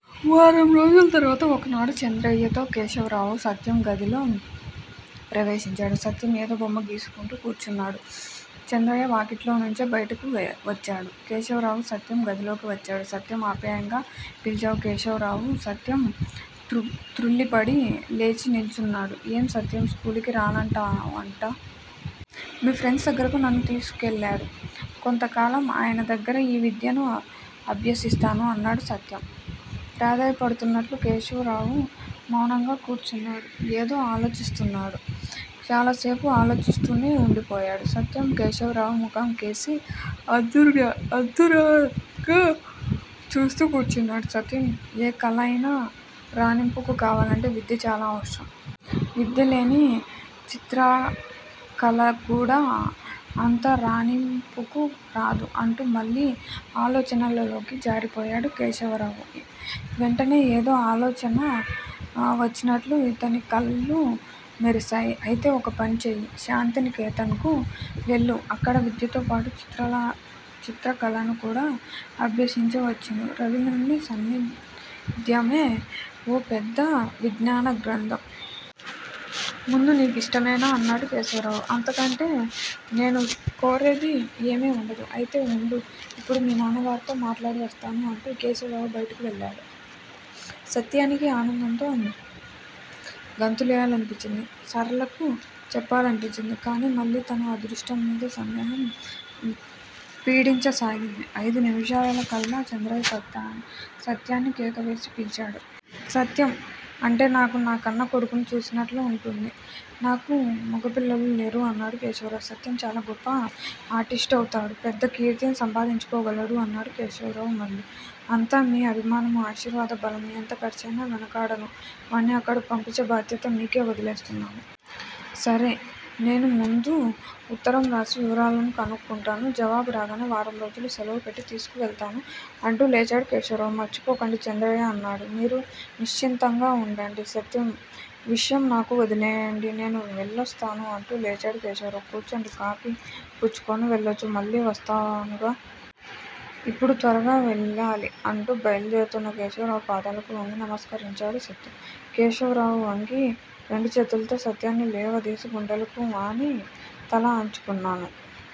వారం రోజుల తర్వాత ఒకనాడు చంద్రయ్యతో కేశవరావు, సత్యం గదిలో ప్రవేశించాడు. సత్యం ఏదో బొమ్మ గీసుకుంటూ కూర్చున్నాడు. చంద్రయ్య వాకిట్లోనుంచే బయటకు వచ్చాడు. కేశవరావు సత్యం గదిలోకి వచ్చాడు. సత్యం! ఆప్యాయంగా పిల్చాడు కేశవరావు. సత్యం త్రుళ్ళి తృళ్ళిపడి లేచి నిల్చున్నాడు. ఏం సత్యం! స్కూలుకి రానంటున్నావట? మీ ఫ్రండ్స్ దగ్గరకు నన్ను తీసుకెళళ్లారూ! కొంతకాలం ఆయనదగ్గర ఈ విద్యనూ అభ్యసిస్తాను అన్నాడు సత్యం ప్రాధేయపడుతున్నట్లు. కేశవరావు మౌనంగా కూర్చున్నాడు. ఏదో ఆలోచిస్తున్నాడు. చాలాసేపు ఆలోచిస్తూనే వుండిపోయాడు. సత్యం కేశవరావు ముఖంకేసి అదుర్ ఆదుర్దాగా చూస్తూ కూర్చున్నాడు. సత్యం! ఏ కళయినా రాణింపుకు కావాలంటే విద్య చాలా అవసరం! విద్యలేని చిత్రకళకూడా అంత రాణింపుకు రాదు అంటూ మళ్ళీ ఆలోచనలలోకి జారిపోయాడు కేశవరావు. వెంటనే ఏదో ఆలోచన వచ్చినట్లు ఇతని కళ్ళు మెరిశాయి. అయితే ఒక పని చెయ్యి. శాంతినికేతన్ కు వెళ్ళు. అక్కడ విద్యతోపాటు చిత్ర చిత్రకళనుకూడా అభ్యసించవచ్చును. రవీంద్రుని సాన్నిధ్యమే ఓ పెద్ద విజ్ఞానగ్రంథం! ముందు నీకు ఇష్టమేనా? అన్నాడు కేశవరావు. అంతకంటే నేనుకోరేది ఏమీ వుండదు. అయితే వుండు ఇప్పుడే మీ నాన్నగారితో మాట్లాడివస్తాను అంటూ కేశవరావు బయటకు వెళ్ళాడు. సత్యానికి ఆనందంతో గంతులేయాలనిపించింది. సరళకు చెప్పాలనిపించింది; కాని మళ్ళీ తన అదృష్టంమీద సందేహం పీడించసాగింది. ఐదు నిముషాలకల్లా చంద్రయ్య సత్యాన్ని కేకవేసి పిల్చాడు. సత్యం అంటే నాకు నా కన్న కొడుకును చూసినట్లు ఉంటుంది. నాకు మొగపిల్లలు లేరు అన్నాడు కేశవరావు. సత్యం చాలా గొప్ప ఆర్టిస్టు అవుతాడు. పెద్ద కీర్తిని సంపాదించుకోగలడు అన్నాడు కేశవరావ్ మళ్ళీ. అంతా మీ అభిమానమూ, ఆశీర్వాద బలమూ! ఎంత ఖర్చయినా వెనకాడను. వాణ్ణి అక్కడకు పంపించే బాధ్యత మీకే వదిలేస్తున్నాను. సరే! నేను ముందు ఉత్తరంరాసి వివరాలు కనుక్కుంటాను. జవాబు రాగానే వారంరోజులు శెలవుపెట్టి తీసుకెళతాను అంటూ లేచాడు కేశవరావు. మర్చిపోకండి! చంద్రయ్య అన్నాడు. మీరు నిశ్చంతంగా ఉండండి. సత్యం విషయం నాకు వదిలేయండి. నేను వెళ్ళివస్తాను అంటూ లేచాడు కేశవరావు. కూర్చోండి! కాఫీ పుచ్చుకొని వెళ్లొచ్చు మళ్ళీ వస్తానుగా! ఇప్పుడు త్వరగా వెళ్ళాలి అంటూ బయలుదేరుతున్న కేశవరావు పాదాలకు వొంగి నమస్కరించాడు సత్యం. కేశవరావు వంగి రెండు చేతుల్తో సత్యాన్ని లేవదీసి గుండెలకు ఆని తల ఆనించుకున్నాను